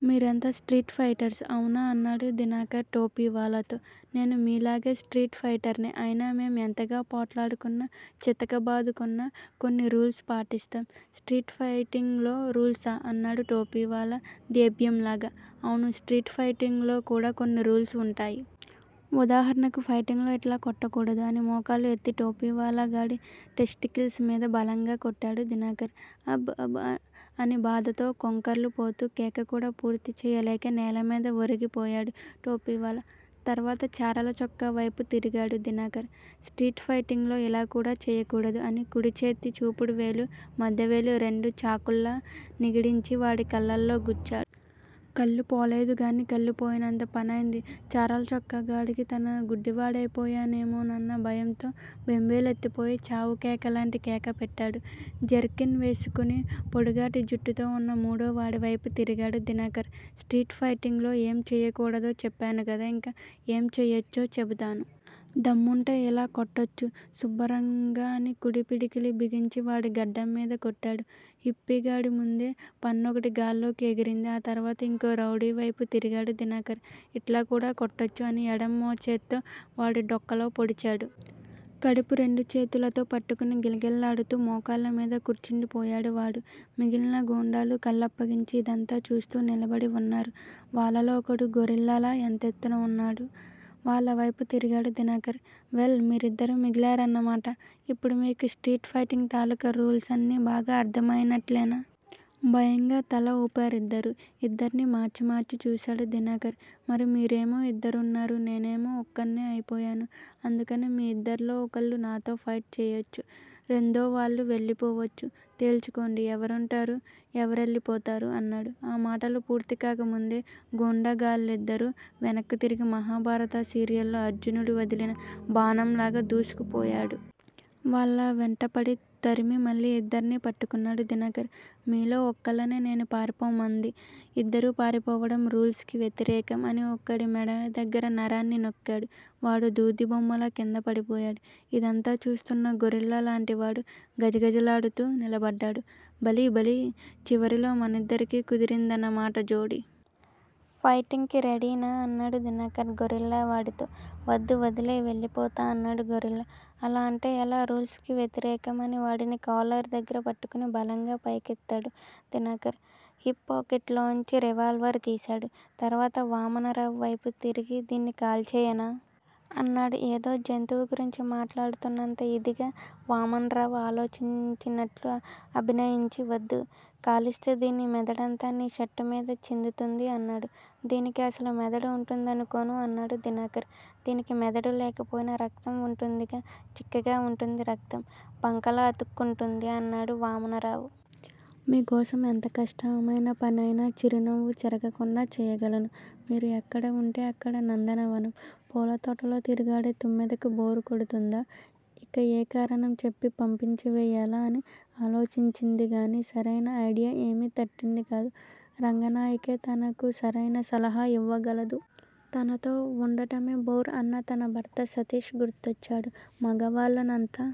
మీరంతా street fighters, అవునా? అన్నాడు దినకర్ టోపీ వాలాతో. నేనూ మీలాగే స్ట్రీట్ ఫైటర్నే! అయినా మేం ఎంతగా పోట్లాడుకున్న చితకబాదుకున్నా కొన్ని రూల్సు పాటిస్తాం. స్ట్రీట్ ఫైటింగ్ లో రూల్సా? అన్నాడు టోపీవాలా దేభ్యంలాగా. అవును స్ట్రీట్ ఫైటింగులో కూడా కొన్ని రూల్సు వుంటాయి. వుదాహరణకి ఫైటింగులో ఇట్లా కొట్టకూడదు! అని మోకాలు ఎత్తి టోపీవాలాగాడి టెస్టికిల్స్ మీద బలంగా కొట్టాడు దినకర్. అబ్ బ్ అని బాధతో కొంకర్లు పోతూ కేక కూడా పూర్తి చెయ్యలేక నేలమీద ఒరిగిపోయాడు టోపీవాలా. తర్వాత చారలచొక్కా వైపు తిరిగాడు దినకర్. స్ట్రీట్ ఫైటింగులో ఇలా కూడా చెయ్యకూడదు అని కుడిచేతి చూపుడువేలు, మధ్యవేలు రెండూ చాకుల్లా నిగిడించి వాడి కళ్ళల్లో గుచ్చాడు. కళ్ళు పోలేదు గానీ కళ్ళుపోయినంత పనైంది చారల చొక్కా గాడికి. తనుగుడ్డి వాడయి పోయానేమోనన్న భయంతో బెంబేలెత్తిపోయి చావుకేకలాంటి కేక పెట్టాడు. జెర్కిన్ వేసుకుని పొడుగాటి జుట్టుతో ఉన్న మూడోవాడివైపు తిరిగాడు దినకర్. స్ట్రీట్ ఫైటింగులో ఏమేం చెయ్యకూడదో చెప్పాను కదా. ఇంకా ఏమేం చేయొచ్చో చెబుతాను. దమ్ముంటే ఇలా కొట్టొచ్చు సుబ్బరంగా అని కుడి పిడికిలి బిగించి వాడి గడ్డం కింద కొట్టాడు. హిప్పీగాడి ముందు పన్నొకటి గాల్లోకి ఎగిరింది. ఆ తర్వాత ఇంకో రౌడీ వైపు తిరిగాడు దినకర్. ఇట్లా కూడా కొట్టొచ్చు! అని ఎడం మోచేత్తో వాడి డొక్కలో పొడిచాడు. కడుపు రెండు చేతులతో పట్టుకుని గిలగిల్లాడుతూ మోకాళ్ళమీద కూర్చుండిపోయాడు వాడు. మిగిలిన గూండాలు కళ్ళప్పగించి ఇదంతా చూస్తూ నిలబడి వున్నారు వాళ్ళలో ఒకడు గొరిల్లాలా ఇంతెత్తున ఉన్నాడు. వాళ్ళవైపు తిరిగాడు దినకర్. వెల్! మీరిద్దరూ మిగిలారన్నమాట! ఇప్పుడు మీకు స్ట్రీట్ ఫైటింగ్ తాలూకు రూల్సన్నీ బాగా అర్ధం అయినట్లేనా? భయంగా తల ఊపారిద్దరూ. ఇద్దర్నీ మార్చి మార్చి చూశాడు దినకర్. మరి మీరేమో ఇద్దరున్నారు. నేనేమో ఒక్కడ్నే అయిపోయాను. అందుకని మీ ఇద్దరిలో ఒకళ్ళు నాతో ఫైట్ చేయొచ్చు. రెందోవాళ్ళు వెళ్ళిపోవచ్చు. తేల్చుకోండి! ఎవరుంటారు? ఎవరెళ్ళిపోతారు? అన్నాడు. ఆ మాటలు పూర్తికాకముందే గూండా గాళ్లిద్దరూ వెనక్కి తిరిగి మహాభారత సీరియల్లో అర్జునుడు వదిలిన బాణంలాగా దూసుకుపోయాడు. వాళ్ళ వెంటపడి తరిమి మళ్ళీ ఇద్దరినీ పట్టుకున్నాడు దినకర్. మీలో ఒకళ్ళనే నేను పారిపొమ్మంది. ఇద్దరూ పారిపోవడం రూల్సుకి వ్యతిరేకం. అని ఒకడి మెడ దగ్గర నరాన్ని నొక్కాడు. వాడు దూదిబొమ్మలా కిందపడిపోయాడు. ఇదంతా చూస్తున్న గొరిల్లా లాంటివాడు గజగజలాడుతూ నిలబడ్డాడు. భళి భళీ! చివరిలో మనిద్దరికీ కుదిరిందన్నమాట జోడీ! ఫైటింగ్ కి రెడీనా? అన్నాడు దినకర్ గొరిల్లా వాడితో. వద్దు వదిలెయ్ వెళ్ళిపోతా! అన్నాడు గొరిల్లా. అలా అంటే ఎలా? రూల్స్ కి వ్యతిరేకం! అని వాడిని కాలర్ దగ్గర పట్టుకుని బలంగా పైకెత్తాడు దినకర్. హిప్ పాకెట్ లోంచి రివాల్వర్ తీశాడు. తర్వాత వామనరావు వైపు తిరిగి దీన్ని కాల్చెయ్యనా? అన్నాడు ఏదో జంతువు గురించి మాట్లాడుతున్నంత ఇదిగా. వామనరావు ఆలోచించినట్లు అభినయించి వద్దు! కాలిస్తే దీని మెదడంతా నీ షర్టుమీద చిందుతుంది అన్నాడు. దీనికి అసలు మెదడు ఉంటుందనుకోను అన్నాడు దినకర్. దీనికి మెదడు లేకపోయినా రక్తం వుంటుందిగా! చిక్కగా వుంటుంది రక్తం! బంకలా అతుక్కుంటుంది అన్నాడు వామనరావు. మీకోసం ఎంత కష్టమైన పనయినా చిరునవ్వు చెరగకుండా చేయగలను. మీరు ఎక్కడ వుంటే అక్కడ నందనవనం. పూలతోటలో తిరుగాడే తుమ్మెదకి బోరు కొడుతుందా? ఇక ఏ కారణం చెప్పి పంపించి వేయాలా అని ఆలోచించిందిగానీ సరైన ఐడియా ఏమీ తట్టింది కాదు. రంగనాయకే తనకు సరైన సలహా ఇవ్వగలదు. తనతో వుండడమే బోర్ అన్న తన భర్త సతీష్ గుర్తొచ్చాడు. మగవాళ్ళను అంత